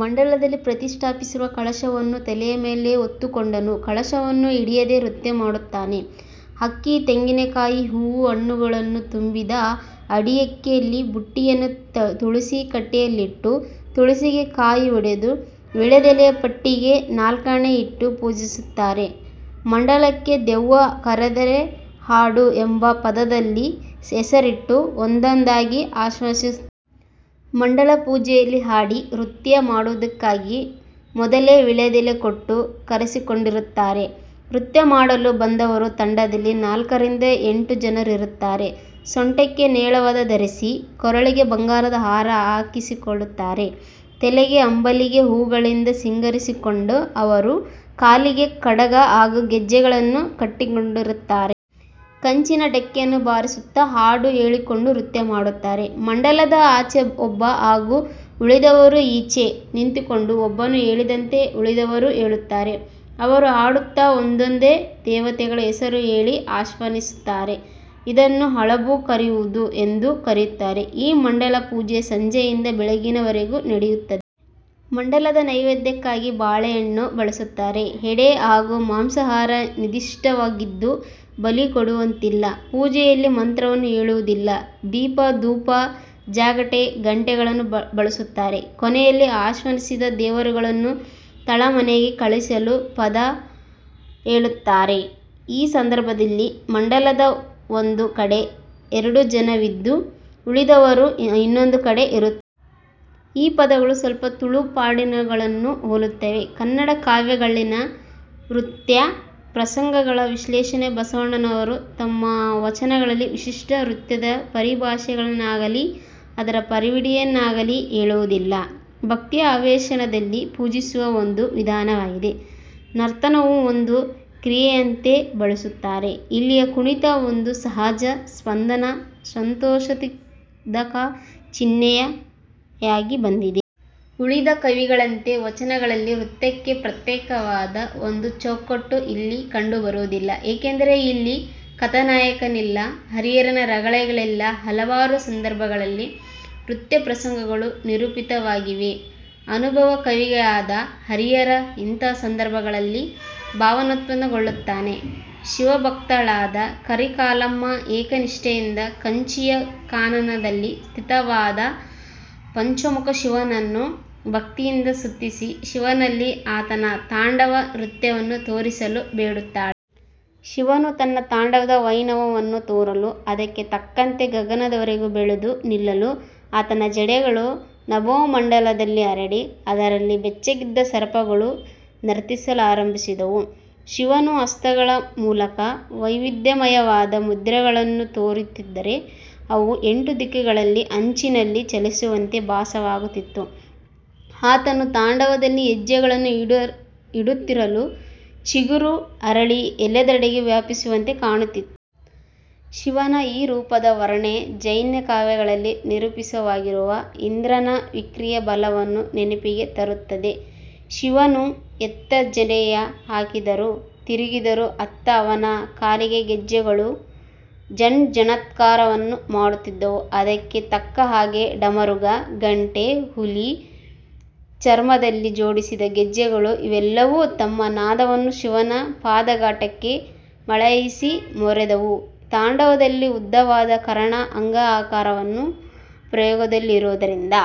ಮಂಡಲದಲ್ಲಿ ಪ್ರತಿಷ್ಠಾಪಿಸಿರುವ ಕಳಶವನ್ನು ತಲೆಯ ಮೇಲೆ ಹೊತ್ತ ಗೊಂಡನು ಕಳಶವನ್ನು ಹಿಡಿಯದೇ ನೃತ್ಯ ಮಾಡುತ್ತಾನೆ. ಅಕ್ಕಿ, ತೆಂಗಿನಕಾಯಿ, ಹೂ, ಹಣ್ಣುಗಳನ್ನು ತುಂಬಿದ 'ಅಡಿಯಕ್ಕಿ' ಬುಟ್ಟಿಯನ್ನು ತುಳಸಿ ಕಟ್ಟೆಯಲ್ಲಿಟ್ಟು, ತುಳಸಿಗೆ ಕಾಯಿ ಒಡೆದು, ವೀಳ್ಯದ ಪಟ್ಟಿಗೆ ನಾಲ್ಕಾಣೆ ಇಟ್ಟು ಪೂಜಿಸುತ್ತಾರೆ. ಮಂಡಲಕ್ಕೆ 'ದೆವ್ವ ಕರೆದ ಹಾಡು' ಎಂಬ ಪದದಲ್ಲಿ ಹೆಸರಿಟ್ಟು ಒಂದೊಂದಾಗಿ ಆಹ್ವಾನಿಸುತ್ತಾರೆ. ಮಂಡಲ ಪೂಜೆಯಲ್ಲಿ ಹಾಡಿ, ನೃತ್ಯ ಮಾಡುವುದಕ್ಕಾಗಿ ಮೊದಲೆ ವೀಳ್ಯ ಕೊಟ್ಟು ಕರೆಯಿಸಿಕೊಂಡಿರುತ್ತಾರೆ. ನೃತ್ಯ ಮಾಡಲು ಬಂದವರು ತಂಡದಲ್ಲಿ ನಾಲ್ಕರಿಂದ ಎಂಟು ಜನರಿರುತ್ತಾರೆ. ಸೊಂಟಕ್ಕೆ ನೇವಾಳ ಧರಿಸಿ, ಕೊರಳಿಗೆ ಬಂಗಾರದ ಸರ ಹಾಕಿಕೊಂಡಿರುತ್ತಾರೆ. ತಲೆಗೆ ಅಬ್ಬಲಿಗೆ ಹೂವುಗಳಿಂದ ಸಿಂಗರಿಸಿಕೊಂಡ ಅವರು ಕಾಲಿಗೆ ಕಡಗ ಹಾಗೂ ಗೆಜ್ಜೆಗಳನ್ನು ಕಟ್ಟಿಕೊಂಡಿರುತ್ತಾರೆ. ಕಂಚಿನ ಡಕ್ಕೆಯನ್ನು ಬಾರಿಸುತ್ತ ಹಾಡು ಹೇಳಿಕೊಂಡು ನೃತ್ಯ ಮಾಡುತ್ತಾರೆ. ಮಂಡಲದ ಆಚೆ ಒಬ್ಬ ಹಾಗೂ ಉಳಿದವರು ಈಚೆ ನಿಂತುಕೊಂಡು, ಒಬ್ಬನು ಹೇಳಿದಂತೆ ಉಳಿದವರು ಹೇಳುತ್ತಾರೆ. ಅವರು ಹಾಡುತ್ತಾ ಒಂದೊಂದೇ ದೇವತೆಗಳ ಹೆಸರು ಹೇಳಿ ಆಹ್ವಾನಿಸುತ್ತಾರೆ. ಇದನ್ನು ಹಳಬು ಕರೆಯುವುದು ಎಂದು ಕರೆಯುತ್ತಾರೆ. ಈ ಮಂಡಲ ಪೂಜೆ ಸಂಜೆಯಿಂದ ಬೆಳಗಿನವರೆಗೆ ನಡೆಯುತ್ತದೆ. ಮಂಡಲದ ನೈವೇದ್ಯಕ್ಕಾಗಿ ಬಾಳೆಹಣ್ಣು ಬಳಸುತ್ತಾರೆ. ಹೆಂಡ ಹಾಗೂ ಮಾಂಸಾಹಾರ ನಿಷಿದ್ಧವಾಗಿದ್ದು, ಬಲಿ ಕೊಡುವಂತಿಲ್ಲ. ಪೂಜೆಯಲ್ಲಿ ಮಂತ್ರವನ್ನು ಹೇಳುವುದಿಲ್ಲ. ದೀಪ, ಧೂಪ, ಜಾಗಟೆ, ಗಂಟೆಗಳನ್ನು ಬಳಸುತ್ತಾರೆ. ಕೊನೆಯಲ್ಲಿ ಆಹ್ವಾನಿಸಿದ ದೇವರುಗಳನ್ನು ತಳಮನೆಗೆ ಕಳಿಸಲು ಪದ ಹೇಳುತ್ತಾರೆ. ಈ ಸಂದರ್ಭದಲ್ಲಿ ಮಂಡಲದ ಒಂದು ಕಡೆ ಎರಡು ಜನವಿದ್ದು, ಉಳಿದವರು ಇನ್ನೊಂದು ಕಡೆ ಇರುತ್ತಾರೆ. ಈ ಪದಗಳು ಸ್ವಲ್ಪ ತುಳುಪಾಡ್ದನಗಳನ್ನು ಹೋಲುತ್ತವೆ. ಕನ್ನಡ ಕಾವ್ಯಗಳಲ್ಲಿನ ನೃತ್ಯ ಪ್ರಸಂಗಗಳ ವಿಶ್ಲೇಷಣೆ ಬಸವಣ್ಣನವರು ತಮ್ಮ ವಚನಗಳಲ್ಲಿ ಶಿಷ್ಟ ನೃತ್ಯದ ಪರಿಭಾಷೆಯನ್ನಾಗಲಿ, ಅದರ ಪರಿವಿಡಿಯನ್ನಾಗಲಿ, ಹೇಳುವುದಿಲ್ಲ. ಭಕ್ತಿಯ ಆವೇಶದಲ್ಲಿ ಪೂಜಿಸುವ ಒಂದು ವಿಧಾನವಾಗಿ ನರ್ತನವೂ ಒಂದು ಕ್ರಿಯೆಯಂತೆ ಬಳಸುತ್ತಾರೆ: ಇಲ್ಲಿಯ ಕುಣಿತ ಒಂದು ಸಹಜ ಸ್ಪಂದನ, ಸಂತೋಷಾತಿರೇಕದ ಚಿಹ್ನೆಯಾಗಿ ಬಂದಿದೆ. ಉಳಿದ ಕವಿಗಳಂತೆ ವಚನಗಳಲ್ಲಿ ನೃತ್ಯಕ್ಕೆ ಪ್ರತ್ಯೇಕವಾದ ಒಂದು ಚೌಕಟ್ಟು ಇಲ್ಲಿ ಕಂಡುಬರುವುದಿಲ್ಲ. ಏಕೆಂದರೆ ಇಲ್ಲಿ ಕಥಾನಾಯಕನಿಲ್ಲ. ಹರಿಹರನ ರಗಳೆಗಳಲ್ಲಿ ಹಲವಾರು ಸಂದರ್ಭಗಳಲ್ಲಿ ನೃತ್ಯಪ್ರಸಂಗಗಳು ನಿರೂಪಿತವಾಗಿವೆ. ಅನುಭಾವಿಕವಿಯಾದ ಹರಿಹರ ಇಂತಹ ಸಂದರ್ಭಗಳಲ್ಲಿ ಭಾವೋನ್ಮೋದಗೊಳ್ಳುತ್ತಾನೆ. ಶಿವಭಕ್ತಳಾದ ಕಾರಿಕಾಲಮ್ಮ ಏಕನಿಷ್ಠೆಯಿಂದ ಕಾಂಚಿಯ ಕಾನನದಲ್ಲಿ ಸ್ಥಿತವಾದ ಪಂಚಮುಖ ಶಿವನನ್ನು ಭಕ್ತಿಯಿಂದ ಸುತ್ತಿಸಿ ಶಿವನಲ್ಲಿ ಆತನ ತಾಂಡವ ನೃತ್ಯವನ್ನು ತೋರಿಸಲು ಬೇಡುತ್ತಾಳೆ. ಶಿವನು ತನ್ನ ತಾಂಡವದ ವೈಣವವನ್ನು ತೋರಲು ಅದಕ್ಕೆ ತಕ್ಕಂತೆ ಗಗನದವರೆಗೂ ಬೆಳೆದು ನಿಲ್ಲಲು ಆತನ ಜಡೆಗಳೂ ನಭೋಮಂಡಲದಲ್ಲಿ ಹರಡಿ ಅದರಲ್ಲಿ ಬೆಚ್ಚಗಿದ್ದ ಸರ್ಪಗಳೂ ನರ್ತಿಸಲಾರಂಭಿಸಿದವು. ಶಿವನು ಹಸ್ತಗಳ ಮೂಲಕ ವೈವಿಧ್ಯ ಮಯವಾದ ಮುದ್ರೆಗಳನ್ನು ತೋರುತ್ತಿದ್ದರೆ ಅವು ಎಂಟು ಧಿಕ್ಕುಗಳ ಅಂಚಿನಲ್ಲಿ ಚಲಿಸುವಂತೆ ಭಾಸವಾಗುತ್ತಿತ್ತು. ಆತನು ತಾಂಡವದಲ್ಲಿ ಹೆಜ್ಜೆಗಳನ್ನು ಇಡುತ್ತಿರಲು ಚಿಗುರು ಅರಳಿ ಎಲ್ಲೆಡೆಗೆ ವ್ಯಾಪಿಸಿರುವಂತೆ ಕಾಣುತ್ತಿತ್ತು. ಶಿವನ ಈ ರೂಪದ ವರ್ಣನೆ ಜೈನ ಕಾವ್ಯಗಳಲ್ಲಿ ನಿರೂಪಿತವಾಗಿರುವ ಇಂದ್ರನ ವಿಕ್ರಿಯಾ ಬಲವನ್ನು ನೆನಪಿಗೆ ತರುತ್ತದೆ. ಶಿವನು ಎತ್ತ ಹೆಜ್ಜೆ ಹಾಕಿದರೂ, ತಿರುಗಿದರೂ ಅತ್ತ ಅವನ ಕಾಲಿನ ಗೆಜ್ಜೆಗಳೂ ಝಣ, ಝಣತ್ಕಾರವನ್ನು ಮಾಡುತ್ತಿದ್ದುವು. ಅದಕ್ಕೆ ತಕ್ಕ ಹಾಗೆಯೇ ಡಮರುಗ, ಘಂಟೆ, ಹುಲಿ ಚರ್ಮದಲ್ಲಿ ಜೋಡಿಸಿದ ಗೆಜ್ಜೆಗಳು ಇವೆಲ್ಲವೂ ತಮ್ಮ ನಾದವನ್ನು ಶಿವನ ಪಾದಘಾತಕ್ಕೆ ಮೇಳೈಸಿ ಮೊರೆದವು. ತಾಂಡವದಲ್ಲಿ ಉದ್ಧತವಾದ ಕರಣ, ಅಂಗಹಾರಗಳ ಪ್ರಯೋಗವಿರುವುದರಿಂದ